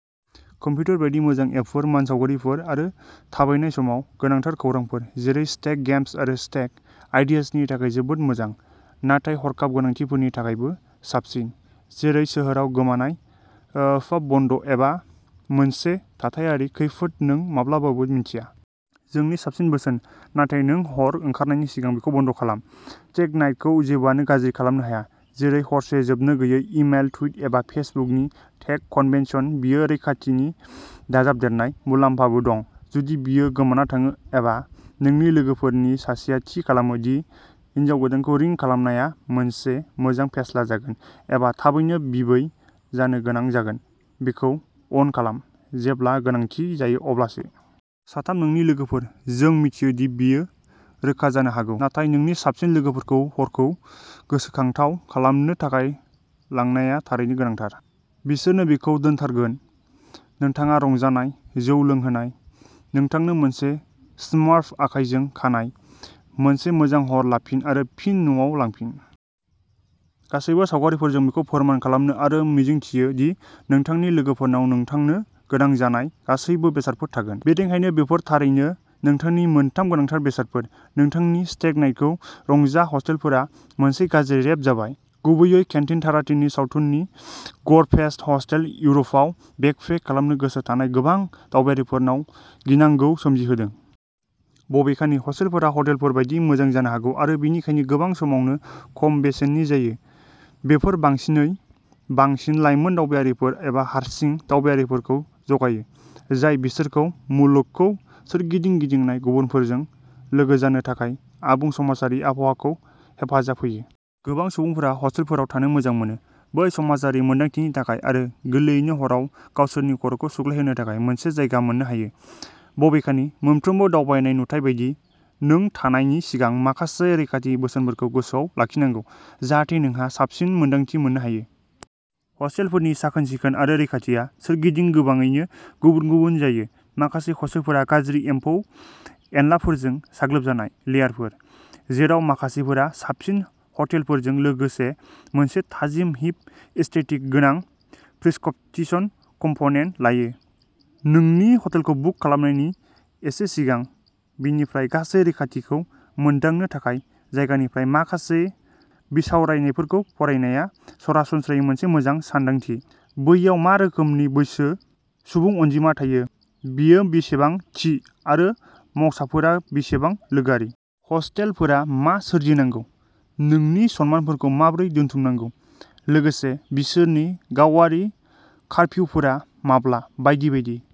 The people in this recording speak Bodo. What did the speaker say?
कम्पिटार बायदि मोजां एपफोर, मानसावगारिफोर आरो थाबायनाय समाव गोनांथार खौरांफोर जेरै स्टेग गेम्स आरो स्टेग आइडियाजनि थाखाय जोबोद मोजां। नाथाय हरखाब गोनांथिफोरनि थाखायबो साबसिन, जेरै सोहोराव गोमानाय, पाब बन्द एबा मोनसे थाथायारि खैफोद नों माब्लाबाबो मिन्थिया। जोंनि साबसिन बोसोन, नाथाय नों हर ओंखारनायनि सिगां बेखौ बन्द खालाम। स्टेग नाइटखौ जेबोआनो गाज्रि खालामनो हाया जेरै हरसे जोबनो गैयै इमेल, टुइट एबा फेसबुकनि टेक कनभेनसन बेयो रैखाथिनि दाजाबदेरनाय मुलाम्फाबो दं, जुदि बेयो गोमाना थाङो एबा नोंनि लोगोफोरनि सासेया थि खालामो दि हिनजाव गोदानखौ रिं खालामनाया मोनसे मोजां फेस्ला जागोन, एबा थाबैनो बिबै जानो गोनां जागोन बेखौ अन खालाम, जेब्ला गोनांथि जायो अब्लासो। साथाम नोंनि लोगोफोर। जों मिथियो दि बेयो रोखा जानो हागौ, नाथाय नोंनि साबसिन लोगोफोरखौ हरखौ गोसोखांथाव खालामनो थाखाय लांनाया थारैनो गोनांथार। बिसोरनो बेखौ दोनथारगोन। नोंथाङा रंजानाय, जौ लोंहोनाय, नोंथांनो मोनसे स्मार्फ आखायजों खानाय, मोनसे मोजां हर लाफिन आरो फिन न'आव लांफिन। गासैबो सावगारिफोरजों बेखौ फोरमान खालामनो आरो मिजिंथियो दि नोंथांनि लोगोफोरनाव नोंथांनो गोनां जानाय गासैबो बेसादफोर थागोन। बेनिखायनो, बेफोर थारैनो नोंथांनि मोन थाम गोनांथार बेसादफोर, नोंथांनि स्टेग नाइटखौ रंजा हस्टेलफोरा मोनसे गाज्रि रेप जाबाय, गुबैयै केन्टिन टारान्टिन'नि सावथुननि गर फेस्ट, हस्टेल, इउर'पआव बेकपेक खालामनो गोसो थानाय गोबां दावबायारिफोरनाव गिनांगौ सोमजिहोदों। बबेखानि, हस्टेलफोरा ह'टेलफोर बायदि मोजां जानो हागौ आरो बेनिखायनो गोबां समावनो खम बेसेननि जायो। बेफोर बांसिनै बांसिन लाइमोन दावबायारिफोर एबा हारसिं दावबायारिफोरखौ जगायो, जाय बिसोरखौ मुलुगखौ सोरगिदिं गिदिंनाय गुबुनफोरजों लोगो जानो थाखाय आबुं समाजारि आबहावाखौ हेफाजाब होयो। गोबां सुबुंफोरा हस्टेलफोराव थानो मोजां मोनो बै समाजारि मोनदांथिनि थाखाय आरो गोरलैयैनो हराव गावसोरनि खर'खौ सुग्लायहोनो थाखाय मोनसे जायगा मोननो हायो। बबेखानि, मोनफ्रोमबो दावबायनाय नुथाय बायदि, नों थानायनि सिगां माखासे रैखाथि बोसोनफोरखौ गोसोआव लाखिनांगौ, जाहाथे नोंहा साबसिन मोनदांथि मोननो हायो। हस्टेलफोरनि साखोन-सिखोन आरो रैखाथिआ सोरगिदिं गोबाङैनो गुबुन गुबुन जायो। माखासे हस्टेलफोरा गाज्रि एमफौ एनलाफोरजों साग्लोबजानाय लेयारफोर, जेराव माखासेफोरा साबसिन हटेलफोरजों लोगोसे मोनसे थाजिम हिप एस्थेटिक गोनां प्रिस्कपटिसन कम्प'नेन लायो। नोंनि हस्टेलखौ बुक खालामनायनि एसे सिगां, बेनिफ्राय गासै रैखाथिखौ मोनदांनो थाखाय जायगानिफ्राय माखासे बिसावरायनायफोरखौ फरायनाया सरासनस्रायै मोनसे मोजां सानदांथि, बैयाव मा रोखोमनि बैसो सुबुं अनजिमा थायो, बेयो बेसेबां थि, आरो मावसाफोरा बेसेबां लोगोआरि। हस्टेलफोरा मा सोरजिनांगौ, नोंनि समानफोरखौ माबोरै दोनथुमनांगौ, लोगोसे बिसोरनि गावारि कारफिउफोरा माब्ला बायदि बायदि।